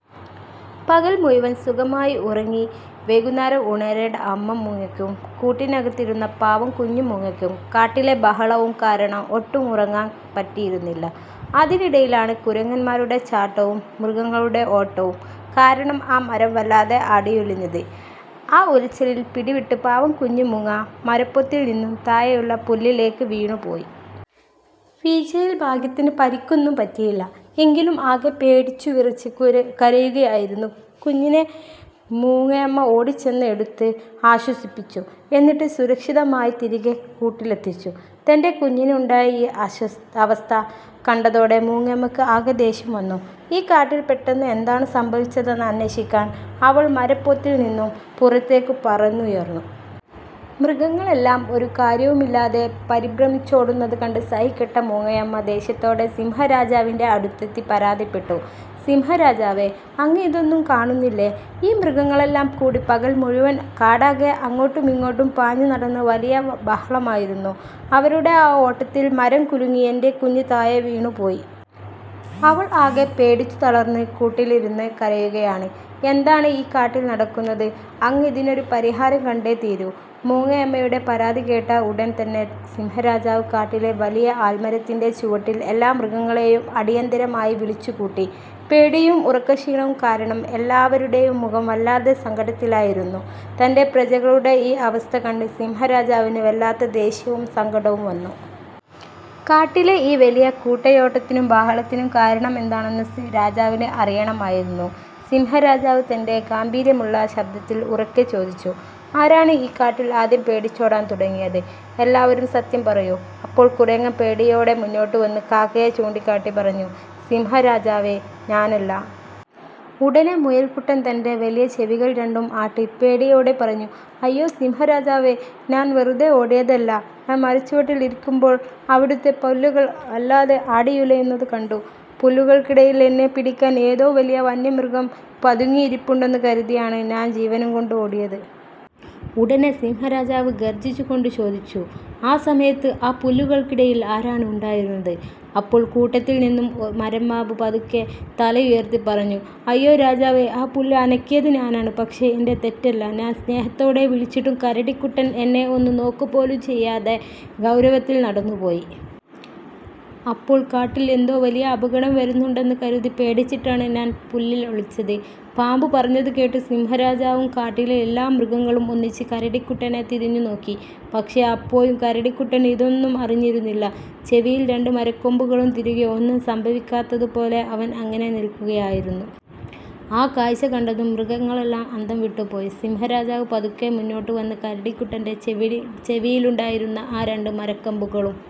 പകൽ മുഴുവൻ സുഖമായി ഉറങ്ങി വൈകുന്നേരം ഉണരേണ്ട അമ്മ മൂങ്ങയ്ക്കും കൂട്ടിനകത്തിരുന്ന പാവം കുഞ്ഞു മൂങ്ങയ്ക്കും, കാട്ടിലെ ബഹളവും കാരണം ഒട്ടും ഉറങ്ങാൻ പറ്റിയിരുന്നില്ല. അതിനിടയിലാണ് കുരങ്ങന്മാരുടെ ചാട്ടവും മൃഗങ്ങളുടെ ഓട്ടവും കാരണം ആ മരം വല്ലാതെ ആടിയുലഞ്ഞത്. ആ ഉലച്ചിലിൽ പിടിവിട്ട് പാവം കുഞ്ഞു മൂങ്ങ മരപ്പൊത്തിൽ നിന്നും താഴെയുള്ള പുല്ലിലേക്ക് വീണുപോയി! വീഴ്ചയിൽ ഭാഗ്യത്തിന് പരിക്കൊന്നും പറ്റിയില്ല. എങ്കിലും ആകെ പേടിച്ചുവിറച്ച് കരയുകയായിരുന്ന കുഞ്ഞിനെ മൂങ്ങയമ്മ ഓടിച്ചെന്ന് എടുത്ത് ആശ്വസിപ്പിച്ചു; എന്നിട്ട് സുരക്ഷിതമായി തിരികെ കൂട്ടിലെത്തിച്ചു. തൻ്റെ കുഞ്ഞിന് ഉണ്ടായ ഈ അവസ്ഥ കണ്ടതോടെ മൂങ്ങയമ്മയ്ക്ക് ആകെ ദേഷ്യം വന്നു. ഈ കാട്ടിൽ പെട്ടെന്ന് എന്താണ് സംഭവിച്ചതെന്ന് അന്വേഷിക്കാൻ അവൾ മരപ്പൊത്തിൽ നിന്നും പുറത്തേക്ക് പറന്നുയർന്നു. മൃഗങ്ങളെല്ലാം ഒരു കാര്യവുമില്ലാതെ പരിഭ്രമിച്ചോടുന്നത് കണ്ട് സഹികെട്ട മൂങ്ങയമ്മ ദേഷ്യത്തോടെ സിംഹരാജാവിന്റെ അടുത്തെത്തി പരാതിപ്പെട്ടു: "സിംഹരാജാവേ, അങ്ങ് ഇതൊന്നും കാണുന്നില്ലേ? ഈ മൃഗങ്ങളെല്ലാം കൂടി പകൽ മുഴുവൻ കാടാകെ അങ്ങോട്ടുമിങ്ങോട്ടും പാഞ്ഞുനടന്ന് വലിയ ബഹളമായിരുന്നു. അവരുടെ ആ ഓട്ടത്തിൽ മരം കുലുങ്ങി എന്റെ കുഞ്ഞ് താഴെ വീണുപോയി! അവൾ ആകെ പേടിച്ചു തളർന്ന് കൂട്ടിലിരുന്ന് കരയുകയാണ്. എന്താണ് ഈ കാട്ടിൽ നടക്കുന്നത്? അങ്ങ് ഇതിനൊരു പരിഹാരം കണ്ടേ തീരൂ! " മൂങ്ങയമ്മയുടെ പരാതി കേട്ട ഉടൻ തന്നെ സിംഹരാജാവ് കാട്ടിലെ വലിയ ആൽമരത്തിന്റെ ചുവട്ടിൽ എല്ലാ മൃഗങ്ങളെയും അടിയന്തരമായി വിളിച്ചുകൂട്ടി. പേടിയും ഉറക്കക്ഷീണവും കാരണം എല്ലാവരുടെയും മുഖം വല്ലാതെ സങ്കടത്തിലായിരുന്നു തന്റെ പ്രജകളുടെ ഈ അവസ്ഥ കണ്ട് സിംഹരാജാവിന് വല്ലാത്ത ദേഷ്യവും സങ്കടവും വന്നു. കാട്ടിലെ ഈ വലിയ കൂട്ടയോട്ടത്തിനും ബഹളത്തിനും കാരണമെന്താണെന്ന് രാജാവിന് അറിയണമായിരുന്നു. സിംഹരാജാവ് തന്റെ ഗാംഭീര്യമുള്ള ശബ്ദത്തിൽ ഉറക്കെ ചോദിച്ചു: "ആരാണ് ഈ കാട്ടിൽ ആദ്യം പേടിച്ചോടാൻ തുടങ്ങിയത്? എല്ലാവരും സത്യം പറയൂ. " അപ്പോൾ കുരങ്ങൻ പേടിയോടെ മുന്നോട്ട് വന്ന് കാക്കയെ ചൂണ്ടിക്കാട്ടി പറഞ്ഞു: "സിംഹരാജാവേ, ഞാനല്ല! " ഉടനെ മുയൽക്കുട്ടൻ തന്റെ വലിയ ചെവികൾ രണ്ടും ആട്ടി പേടിയോടെ പറഞ്ഞു: "അയ്യോ സിംഹരാജാവേ, ഞാൻ വെറുതെ ഓടിയതല്ല! ഞാൻ മരച്ചുവട്ടിൽ ഇരിക്കുമ്പോൾ അവിടുത്തെ പുല്ലുകൾ വല്ലാതെ ആടിയുലയുന്നത് കണ്ടു. പുല്ലുകൾക്കിടയിൽ എന്നെ പിടിക്കാൻ ഏതോ വലിയ വന്യമൃഗം പതുങ്ങിയിരിപ്പുണ്ടെന്ന് കരുതിയാണ് ഞാൻ ജീവനും കൊണ്ട് ഓടിയത്! " ഉടനെ സിംഹരാജാവ് ഗർജിച്ചുകൊണ്ട് ചോദിച്ചു: "ആ സമയത്ത് ആ പുല്ലുകൾക്കിടയിൽ ആരാണ് ഉണ്ടായിരുന്നത്? " അപ്പോൾ കൂട്ടത്തിൽ നിന്നും മലമ്പാമ്പ് പതുക്കെ തലയുയർത്തി പറഞ്ഞു: "അയ്യോ രാജാവേ, ആ പുല്ല് അനക്കിയത് ഞാനാണ്! പക്ഷേ എന്റെ തെറ്റല്ല. ഞാൻ സ്നേഹത്തോടെ വിളിച്ചിട്ടും കരടിക്കുട്ടൻ എന്നെ ഒന്നു നോക്കുകപോലും ചെയ്യാതെ ഗൗരവത്തിൽ നടന്നുപോയി! അപ്പോൾ കാട്ടിൽ എന്തോ വലിയ അപകടം വരുന്നുണ്ടെന്ന് കരുതി പേടിച്ചിട്ടാണ് ഞാൻ പുല്ലിൽ ഒളിച്ചത്! " പാമ്പ് പറഞ്ഞത് കേട്ട് സിംഹരാജാവും കാട്ടിലെ എല്ലാ മൃഗങ്ങളും ഒന്നിച്ച് കരടിക്കുട്ടനെ തിരിഞ്ഞു നോക്കി! പക്ഷേ, അപ്പോഴും കരടിക്കുട്ടൻ ഇതൊന്നും അറിഞ്ഞിരുന്നില്ല! ചെവിയിൽ രണ്ട് മരക്കമ്പുകളും തിരുകി, ഒന്നും സംഭവിക്കാത്തതുപോലെ അവൻ അങ്ങനെ നിൽക്കുകയായിരുന്നു! ആ കാഴ്ച കണ്ടതും മൃഗങ്ങളെല്ലാം അന്തംവിട്ടു പോയി! സിംഹരാജാവ് പതുക്കെ മുന്നോട്ട് വന്ന് കരടിക്കുട്ടന്റെ ചെവിയിലുണ്ടായിരുന്ന ആ രണ്ട് മരക്കമ്പുകളും